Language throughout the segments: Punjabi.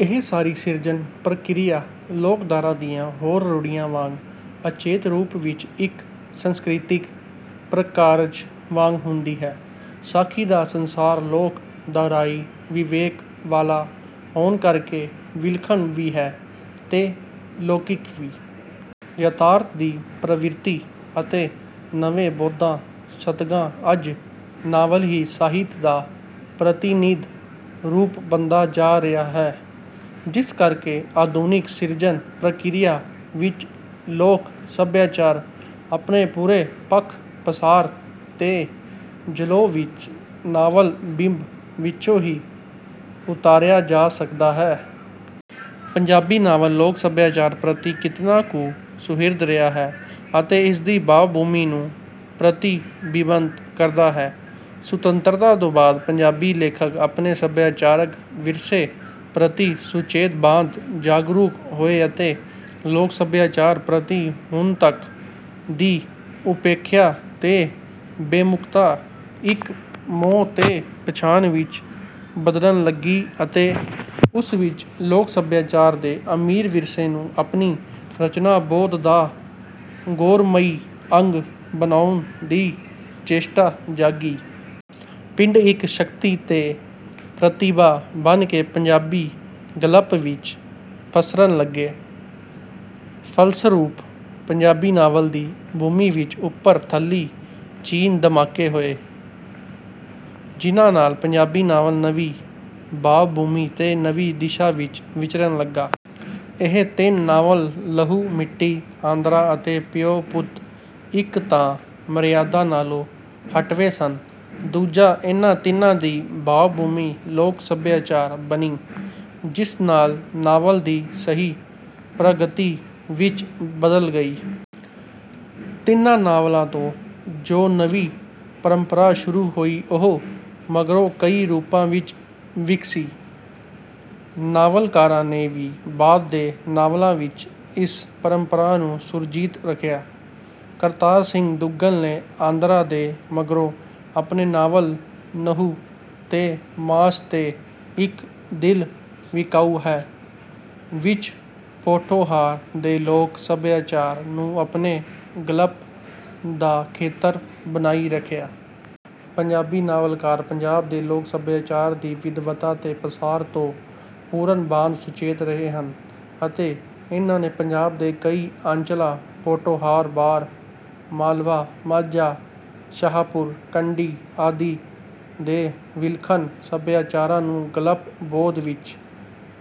ਇਹ ਸਾਰੀ ਸਿਰਜਣ ਪ੍ਰਕਿਰਿਆ ਲੋਕ ਧਾਰਾ ਦੀਆਂ ਹੋਰ ਰੂੜ੍ਹੀਆਂ ਵਾਂਗ ਅਚੇਤ ਰੂਪ ਵਿੱਚ ਇੱਕ ਸੰਸਕ੍ਰਿਤਿਕ ਪ੍ਰਕਾਰਜ ਵਾਂਗ ਹੁੰਦੀ ਹੈ। ਸਾਖੀ ਦਾ ਸੰਸਾਰ ਲੋਕ ਧਾਰਾਈ ਵਿਵੇਕ ਵਾਲਾ ਹੋਣ ਕਰਕੇ ਵਿਲਖਣ ਵੀ ਹੈ ਤੇ ਲੋਕਿਕ ਵੀ। ਯਥਾਰਥ ਦੀ ਪ੍ਰਵਿਰਤੀ ਅਤੇ ਨਵੇਂ ਬੋਧਾਂ ਸਦਕਾ ਅੱਜ ਨਾਵਲ ਹੀ ਸਾਹਿਤ ਦਾ ਪ੍ਰਤਿਨਿਧ ਰੂਪ ਬਣਦਾ ਜਾ ਰਿਹਾ ਹੈ। ਜਿਸ ਕਰਕੇ ਆਧੁਨਿਕ ਸਿਰਜਣ ਪ੍ਰਕਿਰਿਆ ਵਿੱਚ ਲੋਕ ਸਭਿਆਚਾਰ ਆਪਣੇ ਪੂਰੇ ਪੱਖ ਪਸਾਰ ਤੇ ਜਲੌਅ ਵਿੱਚ ਨਾਵਲ ਬਿੰਬ ਵਿੱਚੋਂ ਹੀ ਉਤਾਰਿਆ ਜਾ ਸਕਦਾ ਹੈ। ਪੰਜਾਬੀ ਨਾਵਲ ਲੋਕ ਸਭਿਆਚਾਰ ਪ੍ਰਤੀ ਕਿਤਨਾ ਕੁ ਸੁਹਿਰਦ ਰਿਹਾ ਹੈ ਅਤੇ ਇਸਦੀ ਭਾਵ ਭੂਮੀ ਨੂੰ ਪ੍ਰਤਿਬਿੰਬਤ ਕਰਦਾ ਹੈ। ਸੁਤੰਤਰਤਾ ਤੋਂ ਬਾਅਦ ਪੰਜਾਬੀ ਲੇਖਕ ਆਪਣੇ ਸਭਿਆਚਾਰਕ ਵਿਰਸੇ ਪ੍ਰਤੀ ਸੁਚੇਤ ਭਾਂਤ ਜਾਗਰੂਕ ਹੋਏ ਅਤੇ ਲੋਕ ਸਭਿਆਚਾਰ ਪ੍ਰਤੀ ਹੁਣ ਤੱਕ ਦੀ ਉਪੇਖਿਆ ਤੇ ਬੇਮੁੱਖਤਾ ਇੱਕ ਮੋਹ ਤੇ ਪਛਾਣ ਵਿੱਚ ਬਦਲਣ ਲੱਗੀ ਅਤੇ ਉਸ ਵਿੱਚ ਲੋਕ ਸਭਿਆਚਾਰ ਦੇ ਅਮੀਰ ਵਿਰਸੇ ਨੂੰ ਆਪਣੀ ਰਚਨਾ ਬੋਧ ਦਾ ਗੌਰਵਮਈ ਅੰਗ ਬਨਾਉਣ ਦੀ ਚੇਸ਼ਟਾ ਜਾਗੀ। ਪਿੰਡ ਇੱਕ ਸ਼ਕਤੀ ਤੇ ਪ੍ਰਤਿਭਾ ਬਣ ਕੇ ਪੰਜਾਬੀ ਗਲਪ ਵਿੱਚ ਪਸਰਨ ਲੱਗੇ। ਫਲਸਰੂਪ ਪੰਜਾਬੀ ਨਾਵਲ ਦੀ ਭੂਮੀ ਵਿੱਚ ਉੱਪਰ ਥੱਲੀ ਚਿੰਨ ਧਮਾਕੇ ਹੋਏ। ਜਿਨ੍ਹਾਂ ਨਾਲ ਪੰਜਾਬੀ ਨਾਵਲ ਨਵੀਂ ਭਾਵ ਭੂਮੀ ਤੇ ਨਵੀਂ ਦਿਸ਼ਾ ਵਿੱਚ ਵਿਚਰਣ ਲੱਗਾ। ਇਹ ਤਿੰਨ ਨਾਵਲ ਲਹੂ ਮਿੱਟੀ, ਆਂਦਰਾਂ ਅਤੇ ਪਿਉ ਪੁੱਤ ਇੱਕ ਤਾਂ ਮਰਿਆਦਾ ਨਾਲੋਂ ਹਟਵੇਂ ਸਨ, ਦੂਜਾ ਇਨ੍ਹਾਂ ਤਿੰਨਾਂ ਦੀ ਭਾਵ ਭੂਮੀ ਲੋਕ ਸਭਿਆਚਾਰ ਬਣੀ, ਜਿਸ ਨਾਲ ਨਾਵਲ ਦੀ ਸਹੀ ਪ੍ਰਗਤੀ ਵਿੱਚ ਬਦਲ ਗਈ। ਤਿੰਨਾਂ ਨਾਵਲਾਂ ਤੋਂ ਜੋ ਨਵੀਂ ਪਰੰਪਰਾ ਸ਼ੁਰੂ ਹੋਈ ਉਹ ਮਗਰੋਂ ਕਈ ਰੂਪਾਂ ਵਿੱਚ ਵਿਗਸੀ। ਨਾਵਲਕਾਰਾਂ ਨੇ ਵੀ ਬਾਅਦ ਦੇ ਨਾਵਲਾਂ ਵਿੱਚ ਇਸ ਪਰੰਪਰਾ ਨੂੰ ਸਰਜੀਤ ਰੱਖਿਆ। ਕਰਤਾਰ ਸਿੰਘ ਦੁੱਗਲ ਨੇ ਆਂਦਰਾਂ ਦੇ ਮਗਰੋਂ ਆਪਣੇ ਨਾਵਲ ਨਹੁੰ ਤੇ ਮਾਸ ਤੇ ਇੱਕ ਦਿਲ ਵਿਕਾਊ ਹੈ ਵਿੱਚ ਪੋਠੋਹਾਰ ਦੇ ਲੋਕ ਸਭਿਆਚਾਰ ਨੂੰ ਆਪਣੇ ਗਲਪ ਦਾ ਖੇਤਰ ਬਣਾਈ ਰੱਖਿਆ। ਪੰਜਾਬੀ ਨਾਵਲਕਾਰ ਪੰਜਾਬ ਦੇ ਲੋਕ ਸਭਿਆਚਾਰ ਦੀ ਵਿਦਵਤਾ ਤੇ ਪਸਾਰ ਤੋਂ ਪੂਰਨ ਭਾਂਤ ਸੁਚੇਤ ਰਹੇ ਹਨ ਅਤੇ ਇਨ੍ਹਾਂ ਨੇ ਪੰਜਾਬ ਦੇ ਕਈ ਆਂਚਲਾਂ ਪੋਠੋਹਾਰ, ਬਾਰ, ਮਾਲਵਾ, ਮਾਝਾ, ਸ਼ਾਹਪੁਰ ਕੰਡੀ, ਆਦਿ ਦੇ ਵਿਲੱਖਣ ਸਭਿਆਚਾਰਾਂ ਨੂੰ ਗਲਪ ਬੋਧ ਵਿੱਚ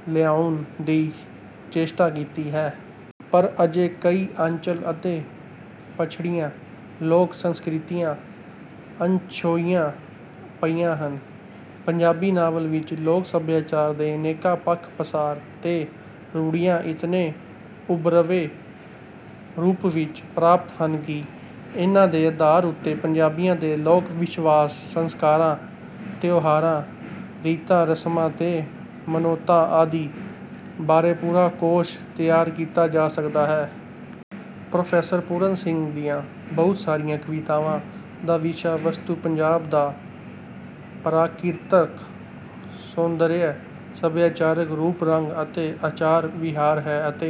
ਲਿਆਉਣ ਦੀ ਚੇਸ਼ਟਾ ਕੀਤੀ ਹੈ। ਪਰ ਅਜੇ ਕਈ ਆਂਚਲ ਅਤੇ ਪਛੜੀਆਂ ਲੋਕ ਸੰਸਕ੍ਰਿਤੀਆਂ ਅਣਛੋਹੀਆਂ ਪਈਆਂ ਹਨ। ਪੰਜਾਬੀ ਨਾਵਲ ਵਿੱਚ ਲੋਕ ਸਭਿਆਚਾਰ ਦੇ ਅਨੇਕਾਂ ਪੱਖ ਪਸਾਰ ਤੇ ਰੂੜ੍ਹੀਆਂ ਇਤਨੇ ਉਭਰਵੇਂ ਰੂਪ ਵਿੱਚ ਪ੍ਰਾਪਤ ਹਨ ਕਿ ਇਨ੍ਹਾਂ ਦੇ ਆਧਾਰ ਉੱਤੇ ਪੰਜਾਬੀਆਂ ਦੇ ਲੋਕ ਵਿਸ਼ਵਾਸ, ਸੰਸਕਾਰਾਂ, ਤਿਉਹਾਰਾਂ, ਰੀਤਾਂ ਰਸਮਾਂ ਤੇ ਮਨੌਤਾਂ ਆਦਿ ਬਾਰੇ ਪੂਰਾ ਕੋਸ਼ ਤਿਆਰ ਕੀਤਾ ਜਾ ਸਕਦਾ ਹੈ। ਪ੍ਰੋਫੈਸਰ ਪੂਰਨ ਸਿੰਘ ਦੀਆਂ ਬਹੁਤ ਸਾਰੀਆਂ ਕਵਿਤਾਵਾਂ ਦਾ ਵਿਸ਼ਾ ਵਸਤੂ ਪੰਜਾਬ ਦਾ ਪ੍ਰਾਕਿਰਤਕ ਸੌਂਦਰਯ, ਸਭਿਆਚਾਰਕ ਰੂਪ ਰੰਗ ਅਤੇ ਆਚਾਰ ਵਿਹਾਰ ਹੈ ਅਤੇ